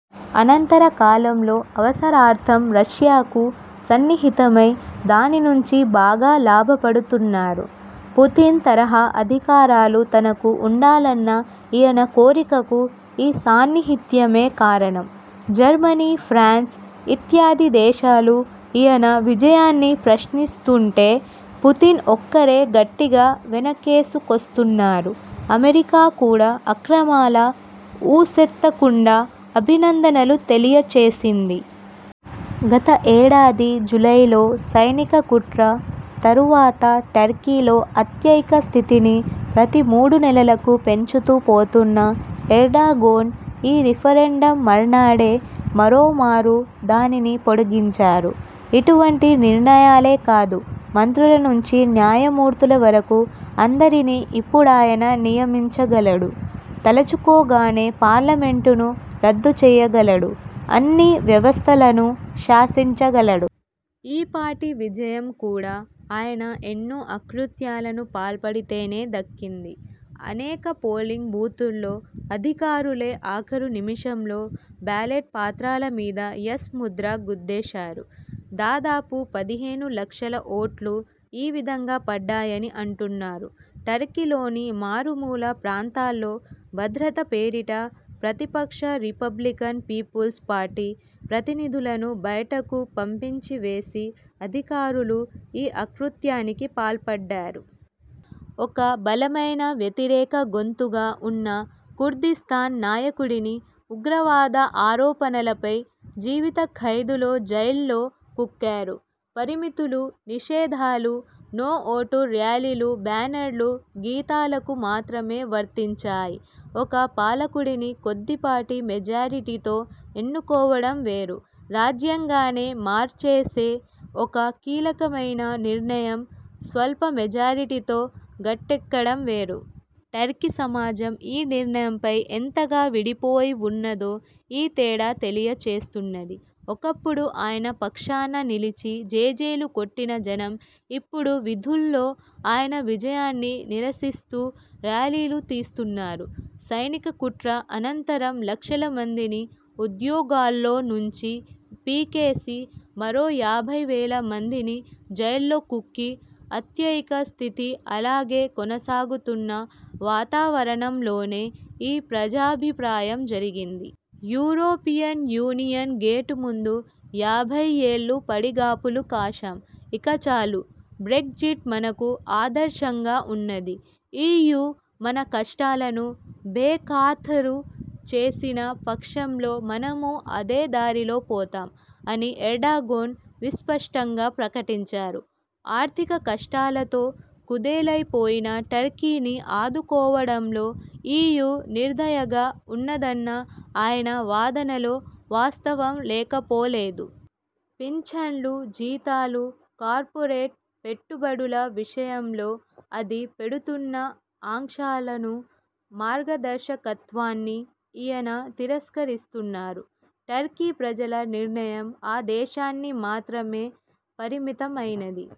అనంతరకాలంలో అవసరార్థం రష్యాకు సన్నిహితమై, దానినుంచి బాగా లాభపడుతున్నారు. పుతిన్ తరహా అధికారాలు తనకూ ఉండాలన్న ఈయన కోరికకు ఈ సాన్నిహిత్యమే కారణం. జర్మనీ, ఫ్రాన్స్ ఇత్యాది దేశాలు ఈయన విజయాన్ని ప్రశ్నిస్తూంటే పుతిన్ ఒక్కరే గట్టిగా వెనకేసుకొస్తున్నారు. అమెరికా కూడా అక్రమాల ఊసెత్తకుండా అభినందనలు తెలియచేసింది. గత ఏడాది జులైలో సైనిక కుట్ర తరువాత టర్కీలో అత్యయిక స్థితిని ప్రతి మూడునెలలకూ పెంచుతూ పోతున్న ఎర్డగోన్ ఈ రిఫరెండమ్ మర్నాడే మరోమారు దానిని పొడిగించారు. ఇటువంటి నిర్ణయాలే కాదు, మంత్రులనుంచి న్యాయమూర్తుల వరకూ అందరినీ ఇప్పుడాయన నియమించగలడు, తలుచుకోగానే పార్లమెంటును రద్దుచేయగలడు, అన్ని వ్యవస్థలనూ శాసించగలడు. ఈ పాటి విజయం కూడా ఆయన ఎన్నో అకృత్యాలను పాల్పడితేనే దక్కింది. అనేక పోలింగ్ బూతుల్లో అధికారులే ఆఖరు నిముషంలో బ్యాలెట్ పాత్రాలమీద 'యస్' ముద్ర గుద్దేశారు. దాదాపు పదిహేను లక్షల ఓట్లు ఈ విధంగా పడ్డాయని అంటున్నారు. టర్కిలోని మారుమూల ప్రాంతాల్లో భద్రత పేరిట ప్రతిపక్ష రిపబ్లికన్ పీపుల్స్ పార్టీ ప్రతినిధులను బయటకు పంపించివేసి అధికారులు ఈ అకృత్యానికి పాల్పడ్డారు. ఒక బలమైన వ్యతిరేక గొంతుగా ఉన్న కుర్దిస్తాన్ నాయకుడిని ఉగ్రవాద ఆరోపణలపై జీవితఖైదులో జైల్లో కుక్కారు. పరిమితులూ నిషేధాలు 'నో' ఓటు ర్యాలీలు బ్యానర్లు, గీతాలకు మాత్రమే వర్తించాయి. ఒక పాలకుడిని కొద్దిపాటి మెజారిటీతో ఎన్నుకోవడం వేరు, రాజ్యాంగానే మార్చేసే ఒక కీలకమైన నిర్ణయం స్వల్పమెజారిటితో గట్టెక్కడం వేరు. టర్కి సమాజం ఈ నిర్ణయంపై ఎంతగా విడిపోయివున్నదో ఈ తేడా తెలియచేస్తున్నది. ఒకప్పుడు ఆయన పక్షాన నిలిచి జేజేలు కొట్టిన జనం ఇప్పుడు విధుల్లో ఆయన విజయాన్ని నిరసిస్తూ ర్యాలీలు తీస్తున్నారు. సైనికకుట్ర అనంతరం లక్షలమందిని ఉద్యోగాల్లో నుంచి పీకేసి, మరో యాభైవేల మందిని జైల్లో కుక్కి, అత్యయిక స్థితి అలాగే కొనసాగుతున్న వాతావరణంలోనే ఈ ప్రజాభిప్రాయం జరిగింది. 'యూరోపియన్ యూనియన్ గేటు ముందు యాభైయ్యేళ్ళు పడిగాపులు కాశాం. ఇకచాలు, బ్రెగ్జిట్ మనకు ఆదర్శంగా ఉన్నది. ఈయూ మన కష్టాలను బేఖాతరు చేసిన పక్షంలో మనమూ అదేదారిలో పోతాం' అని ఎర్డగోన్ విస్పష్టంగా ప్రకటించారు. ఆర్థిక కష్టాలతో కుదేలైపోయిన టర్కీని ఆదుకోవడంలో ఈయూ నిర్దయగా ఉన్నదన్న ఆయన వాదనలో వాస్తవం లేకపోలేదు. పింఛన్లు, జీతాలు, కార్పొరేట్ పెట్టుబడుల విషయంలో అది పెడుతున్న ఆంక్షాలనూ, మార్గదర్శకత్వాన్నీ ఈయన తిరస్కరిస్తున్నారు. టర్కీ ప్రజల నిర్ణయం ఆ దేశాన్ని మాత్రమే పరిమితమైనది